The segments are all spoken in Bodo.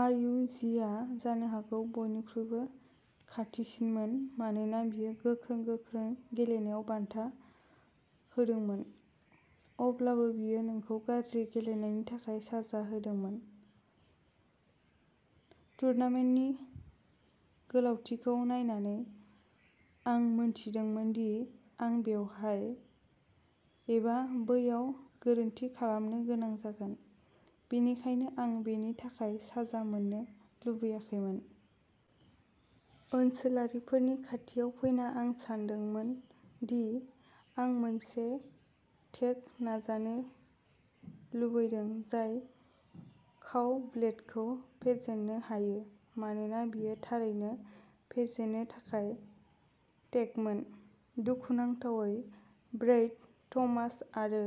आर इउ जिआ जानो हागौ बयनिख्रुइबो खाथिसिनमोन मानोना बेयो गोख्रों, गोख्रों गेलेनायाव बान्था होदोंमोन। अब्लाबो, बेयो नोंखौ गाज्रि गेलेनायनि थाखाय साजा होदोंमोन। टुर्नामेन्टनि गोलावथिखौ नायनानै, आं मिथिदोंमोन दि आं बेहाय एबा बैयाव गोरोन्थि खालामनो गोनां जागोन, बेनिखायनो आं बेनि थाखाय साजा मोननो लुबैयाखैमोन। ओनसोलारिफोरनि खाथियाव फैना आं सानदोंमोन दि आं मोनसे डेक नाजानो लुबैदों जाय काव-ब्लेडखौ फेजेननो हायो मानोना बेयो थारैनो फेजेननो थाखाय डेकमोन। दुखुनांथावै, ब्रैड, थमास आरो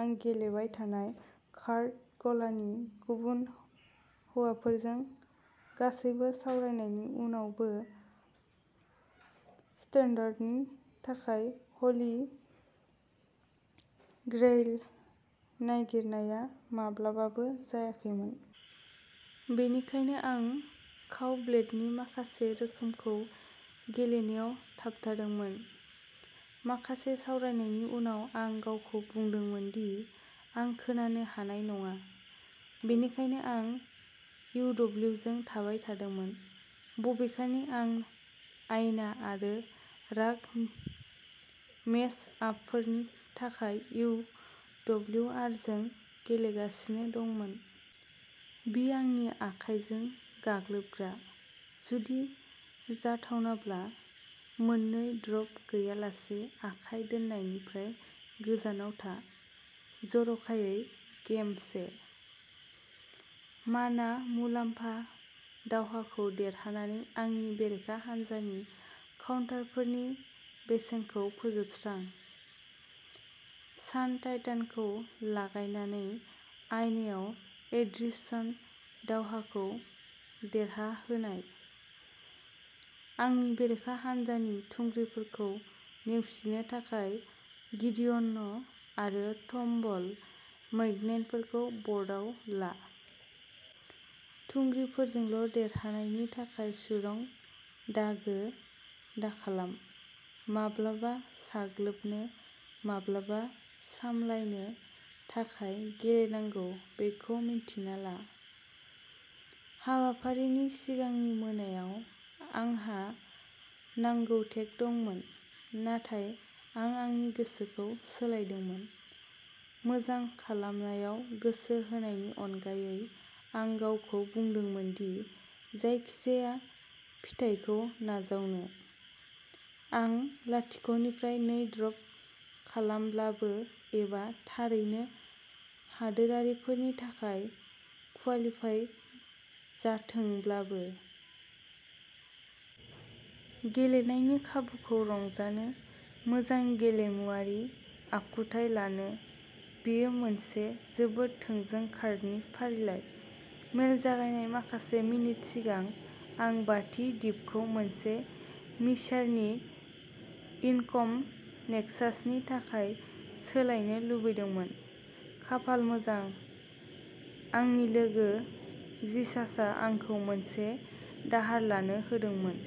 आं गेलेबाय थानाय कार्ड गलानि गुबुन हौवाफोरजों गासैबो सावरायनायनि उनावबो स्टान्डार्डनि थाखाय हलि ग्रेइल नागिरनाया माब्लाबाबो जायाखैमोन। बेनिखायनो आं काव-ब्लेडनि माखासे रोखोमखौ गेलेनायाव थाबथादोंमोन। माखासे सावरायनायनि उनाव आं गावखौ बुंदोंमोन दि आं खोनानो हानाय नङा, बेनिखायनो आं इउ डब्लिउ जों थाबाय थादोंमोन, बबेखानि आं आयना आरो राग मेच-आपफोरनि थाखाय इउ डब्लिउ आर जों गेलेगासिनो दंमोन। बि आंनि आखाइजों गाग्लोबग्रा। जुदि जाथावनाब्ला मोननै ड्रप गैयालासे आखाइ दोननायनिफ्राय गोजानाव था, जर'खायै गेमसे। माना मुलाम्फा दावहाखौ देरहानानै आंनि बेरेखा हान्जानि काउन्टारफोरनि बेसेनखौ फोजोबस्रां। सान टाइटानखौ लागायनानै आयनायाव एट्रिशन दावहाखौ देरहाहोनाय। आंनि बेरेखा हान्जानि थुंग्रिफोरखौ नेवसिनो थाखाय गिडियन' आरो टम्बल मैग्नेटफोरखौ बर्डआव ला। थुंग्रिफोरजोंल' देरहानायनि थाखाय सुरंग दागो दाखालाम। माब्लाबा साग्लोबनो, माब्लाबा सामलायनो थाखाय गेलेनांगौ बेखौ मिन्थिना ला। हाबाफारिनि सिगांनि मोनायाव, आंहा नांगौ डेक दंमोन। नाथाय आं आंनि गोसोखौ सोलायदोंमोन। मोजां खालामनायाव गोसो होनायनि अनगायै, आं गावखौ बुंदोंमोन दि जायखिजाया फिथायखौ नाजावनो, आं लाथिख' निफ्राय नै ड्रप खालामब्लाबो एबा थारैनो हादोरारिफोरनि थाखाय कुवालिपाइ जाथोंब्लाबो। गेलेनायनि खाबुखौ रंजानो, मोजां गेलेमुआरि आखुथाय लानो बेयो मोनसे जोबोद थोंजों कार्डनि फारिलाइ। मेल जागायनाय माखासे मिनिट सिगां आं बाथि दिपखौ मोनसे मिसारनि इनकमथ नेक्सासनि थाखाय सोलायनो लुबैदोंमोन। खाफाल मोजां, आंनि लोगो जिसासआ आंखौ मोनसे दाहार लानो होदोंमोन।